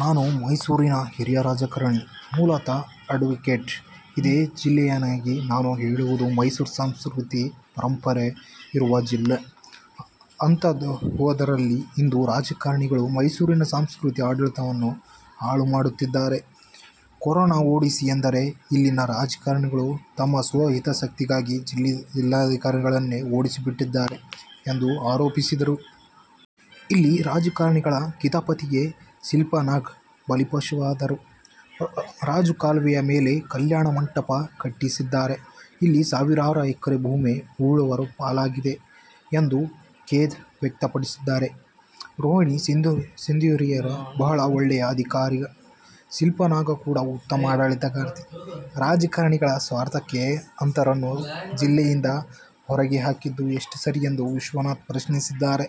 ನಾನು ಮೈಸೂರಿನ ಹಿರಿಯ ರಾಜಕಾರಣಿ, ಮೂಲತಃ ಅಡ್ವೊಕೇಟ್, ಇದೇ ಜಿಲ್ಲೆಯವನಾಗಿ ನಾನು ಹೇಳುವುದು ಮೈಸೂರು ಸಾಂಸ್ಕೃತಿಕ, ಪರಂಪರೆ ಇರುವ ಜಿಲ್ಲೆ. ಅಂತಹುದರಲ್ಲಿ ಇಂದು ರಾಜಕಾರಣಿಗಳು ಮೈಸೂರಿನ ಸಾಂಸ್ಕೃತಿಕ ಆಡಳಿತವನ್ನು ಹಾಳು ಮಾಡುತ್ತಿದ್ದಾರೆ. ಕೊರೋನಾ ಓಡಿಸಿ ಎಂದರೆ ಇಲ್ಲಿನ ರಾಜಕಾರಣಿಗಳು ತಮ್ಮ ಸ್ವ ಹಿತಾಸಕ್ತಿಗೆ ಜಿಲ್ಲಾಧಿಕಾರಿಗಳನ್ನೇ ಓಡಿಸಿಬಿಟ್ಟಿದ್ದಾರೆ ಎಂದು ಆರೋಪಿಸಿದರು. ಇಲ್ಲಿ ರಾಜಕಾರಣಿಗಳ ಕಿತಾಪತಿಗೆ ಶಿಲ್ಪಾ ನಾಗ್ ಬಲಿಪಶುವಾದರು. ರಾಜಕಾಲುವೆ ಮೇಲೆ ಕಲ್ಯಾಣ ಮಂಟಪ ಕಟ್ಟಿಸಿದ್ದಾರೆ, ಇಲ್ಲಿ ಸಾವಿರಾರು ಎಕರೆ ಭೂಮಿ ಉಳ್ಳವರ ಪಾಲಾಗಿದೆ ಎಂದು ಖೇದ ವ್ಯಕ್ತಪಡಿಸಿದರು. ರೋಹಿಣಿ ಸಿಂಧೂರಿಯವರು ಬಹಳ ಒಳ್ಳೆಯ ಅಧಿಕಾರಿ, ಶಿಲ್ಪಾ ನಾಗ್ ಕೂಡ ಉತ್ತಮ ಆಡಳಿತಗಾರ್ತಿ, ರಾಜಕಾರಣಿಗಳ ಸ್ವಾರ್ಥಕ್ಕೆ ಅಂತವರನ್ನು ಜಿಲ್ಲೆಯಿಂದ ಹೊರಗೆ ಹಾಕಿದ್ದು ಎಷ್ಟು ಸರಿ ಎಂದು ವಿಶ್ವನಾಥ್ ಪ್ರಶ್ನಿಸಿದ್ದಾರೆ.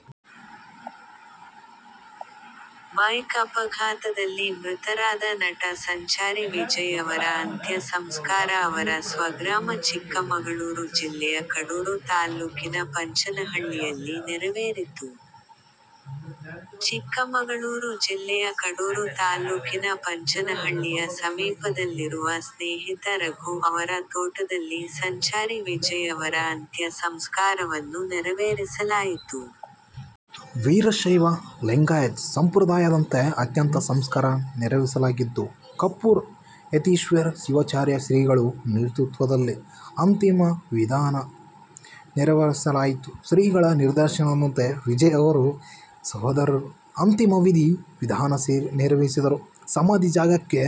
ಬೈಕ್ ಅಪಘಾತದಲ್ಲಿ ಮೃತರಾದ ನಟ ಸಂಚಾರಿ ವಿಜಯ್ ಅವರ ಅಂತ್ಯ ಸಂಸ್ಕಾರ ಅವರ ಸ್ವಗ್ರಾಮ ಚಿಕ್ಕಮಗಳೂರು ಜಿಲ್ಲೆಯ ಕಡೂರು ತಾಲ್ಲೂಕಿನ ಪಂಚನಹಳ್ಳಿಯಲ್ಲಿ ನೆರವೇರಿತು. ಚಿಕ್ಕಮಗಳೂರು ಜಿಲ್ಲೆಯ ಕಡೂರು ತಾಲ್ಲೂಕಿನ ಪಂಚನಹಳ್ಳಿಯ ಸಮೀಪದಲ್ಲಿರುವ ಸ್ನೇಹಿತ ರಘು ಅವರ ತೋಟದಲ್ಲಿ ಸಂಚಾರಿ ವಿಜಯ್ ಅವರ ಅಂತ್ಯ ಸಂಸ್ಕಾರವನ್ನು ನೆರವೇರಿಸಲಾಯಿತು. ವೀರಶೈವ ಲಿಂಗಾಯತ ಸಂಪ್ರದಾಯದಂತೆ ಅಂತ್ಯ ಸಂಸ್ಕಾರ ನೆರವೇರಿಸಲಾಗಿದ್ದು, ಕುಪ್ಪೂರು ಯತೀಶ್ವರ ಶಿವಾಚಾರ್ಯ ಶ್ರೀಗಳ ನೇತೃತ್ವದಲ್ಲಿ ಅಂತಿಮ ವಿಧಿವಿಧಾನ ನೆರವೇರಿಸಲಾಯಿತು. ಶ್ರೀಗಳ ನಿರ್ದೇಶನದಂತೆ ವಿಜಯ್ ಅವರ ಸಹೋದರರು ಅಂತಿಮ ವಿಧಿ ವಿಧಾನ ನೆರವೇರಿಸಿದರು. ಸಮಾಧಿ ಜಾಗಕ್ಕೆ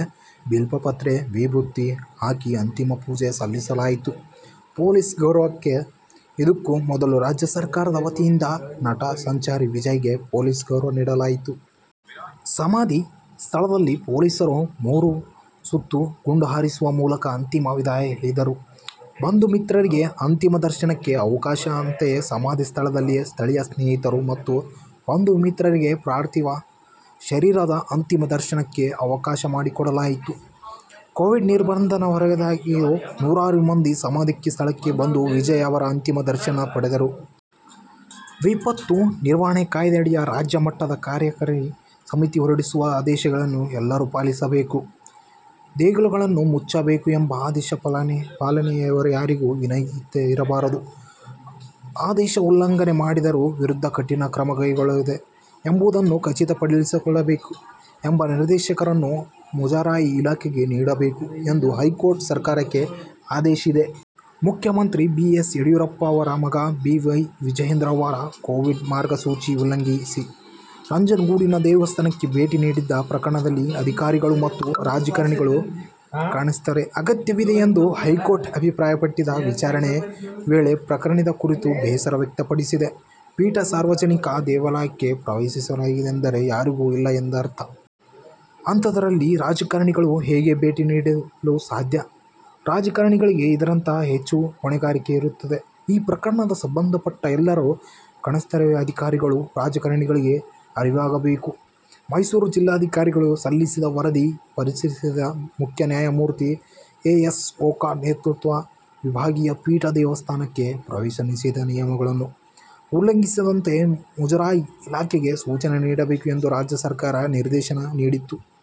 ಬಿಲ್ವಪತ್ರೆ ವಿಭೂತಿ ಹಾಕಿ ಅಂತಿಮ ಪೂಜೆ ಸಲ್ಲಿಸಲಾಯಿತು. ಪೊಲೀಸ್ ಗೌರವ ಇದಕ್ಕೂ ಮೊದಲು ರಾಜ್ಯ ಸರ್ಕಾರದ ವತಿಯಿಂದ ನಟ ಸಂಚಾರಿ ವಿಜಯ್ ಗೆ ಪೊಲೀಸ್ ಗೌರವ ನೀಡಲಾಯಿತು. ಸಮಾಧಿ ಸ್ಥಳದಲ್ಲಿ ಪೊಲೀಸರು ಮೂರು ಸುತ್ತು ಗುಂಡು ಹಾರಿಸುವ ಮೂಲಕ ಅಂತಿಮ ವಿದಾಯ ಹೇಳಿದರು. ಬಂಧುಮಿತ್ರರಿಗೆ ಅಂತಿಮ ದರ್ಶನಕ್ಕೆ ಅವಕಾಶ ಅಂತೆಯೇ ಸಮಾಧಿ ಸ್ಥಳದಲ್ಲೇ ಸ್ಥಳೀಯ ಸ್ನೇಹಿತರು ಮತ್ತು ಬಂಧು ಮಿತ್ರರಿಗೆ ಪಾರ್ಥೀವ ಶರೀರದ ಅಂತಿಮ ದರ್ಶನಕ್ಕೆ ಅವಕಾಶ ಮಾಡಿಕೊಡಲಾಗಿತ್ತು. ಕೋವಿಡ್ ನಿರ್ಬಂಧದ ಹೊರತಾಗಿಯೂ ನೂರಾರು ಮಂದಿ ಸಮಾಧಿ ಸ್ಥಳಕ್ಕೆ ಬಂದು ವಿಜಯ್ ಅವರ ಅಂತಿಮ ದರ್ಶನ ಪಡೆದರು. ವಿಪತ್ತು ನಿರ್ವಹಣಾ ಕಾಯ್ದೆಯಡಿ ರಾಜ್ಯ ಮಟ್ಟದ ಕಾರ್ಯಕಾರಿ ಸಮಿತಿ ಹೊರಡಿಸುವ ಆದೇಶಗಳನ್ನು ಎಲ್ಲರೂ ಪಾಲಿಸಬೇಕು. ದೇಗುಲಗಳನ್ನು ಮುಚ್ಚಬೇಕು ಎಂಬ ಆದೇಶ ಪಾಲನೆಯಲ್ಲಿ ಯಾರಿಗೂ ವಿನಾಯಿತಿ ಇರಬಾರದು, ಆದೇಶ ಉಲ್ಲಂಘನೆ ಮಾಡಿದವರ ವಿರುದ್ಧ ಕಠಿಣ ಕ್ರಮ ಕೈಗೊಳ್ಳಲಾಗಿದೆಯೇ ಎಂಬುದನ್ನು ಖಚಿತಪಡಿಸಬೇಕು ಎಂಬ ನಿರ್ದೇಶನವನ್ನು ಮುಜರಾಯಿ ಇಲಾಖೆಗೆ ನೀಡಬೇಕು' ಎಂದು ಹೈಕೋರ್ಟ್ ಸರ್ಕಾರಕ್ಕೆ ಆದೇಶಿಸಿದೆ.. ಮುಖ್ಯಮಂತ್ರಿ ಬಿ. ಎಸ್. ಯಡಿಯೂರಪ್ಪ ಅವರ ಮಗ ಬಿ. ವೈ. ವಿಜಯೇಂದ್ರ ಅವರು ಕೋವಿಡ್ ಮಾರ್ಗಸೂಚಿ ಉಲ್ಲಂಘಿಸಿ ನಂಜನಗೂಡಿನ ದೇವಸ್ಥಾನಕ್ಕೆ ಭೇಟಿ ನೀಡಿದ್ದ ಪ್ರಕರಣದಲ್ಲಿ ಅಧಿಕಾರಿಗಳು ಮತ್ತು ರಾಜಕಾರಣಿಗಳ ಕಣ್ತೆರೆಸುವ ಅಗತ್ಯವಿದೆ ಎಂದು ಹೈಕೋರ್ಟ್ ಅಭಿಪ್ರಾಯಪಟ್ಟಿದೆ. ವಿಚಾರಣೆ ವೇಳೆ ಪ್ರಕರಣದ ಕುರಿತು ಬೇಸರ ವ್ಯಕ್ತಪಡಿಸಿದ ಪೀಠ, ಸಾರ್ವಜನಿಕರಿಗೆ ದೇವಾಲಯಕ್ಕೆ ಪ್ರವೇಶವಿಲ್ಲ ಎಂದರೆ ಯಾರಿಗೂ ಇಲ್ಲ ಎಂದೇ ಅರ್ಥ. ಅಂತಹದ್ದರಲ್ಲಿ ರಾಜಕಾರಣಿಗಳು ಹೇಗೆ ಭೇಟಿ ನೀಡಲು ಸಾಧ್ಯ. ರಾಜಕಾರಣಿಗಳಿಗೆ ಇತರರಿಗಿಂತ ಹೆಚ್ಚು ಹೊಣೆಗಾರಿಕೆಯಿರುತ್ತದೆ. ಈ ಪ್ರಕರಣ ಸಂಬಂಧಪಟ್ಟ ಎಲ್ಲರ ಕಣ್ತೆರೆಸಬೇಕು. ಅಧಿಕಾರಿಗಳು, ರಾಜಕಾರಣಿಗಳಿಗೆ ಅರಿವಾಗಬೇಕು. ಮೈಸೂರು ಜಿಲ್ಲಾಧಿಕಾರಿ ಸಲ್ಲಿಸಿದ್ದ ವರದಿ ಪರಿಶೀಲಿಸಿದ ಮುಖ್ಯ ನ್ಯಾಯಮೂರ್ತಿ ಎ. ಎಸ್. ಓಕಾ ನೇತೃತ್ವದ ವಿಭಾಗೀಯ ಪೀಠ, ದೇವಸ್ಥಾನಕ್ಕೆ ಪ್ರವೇಶ ನಿಷೇಧ ನಿಯಮಗಳನ್ನು ಉಲ್ಲಂಘಿಸದಂತೆ ಮುಜರಾಯಿ ಇಲಾಖೆಗೆ ಸೂಚನೆ ನೀಡಬೇಕು' ಎಂದು ರಾಜ್ಯ ಸರ್ಕಾರಕ್ಕೆ ನಿರ್ದೇಶನ ನೀಡಿತು.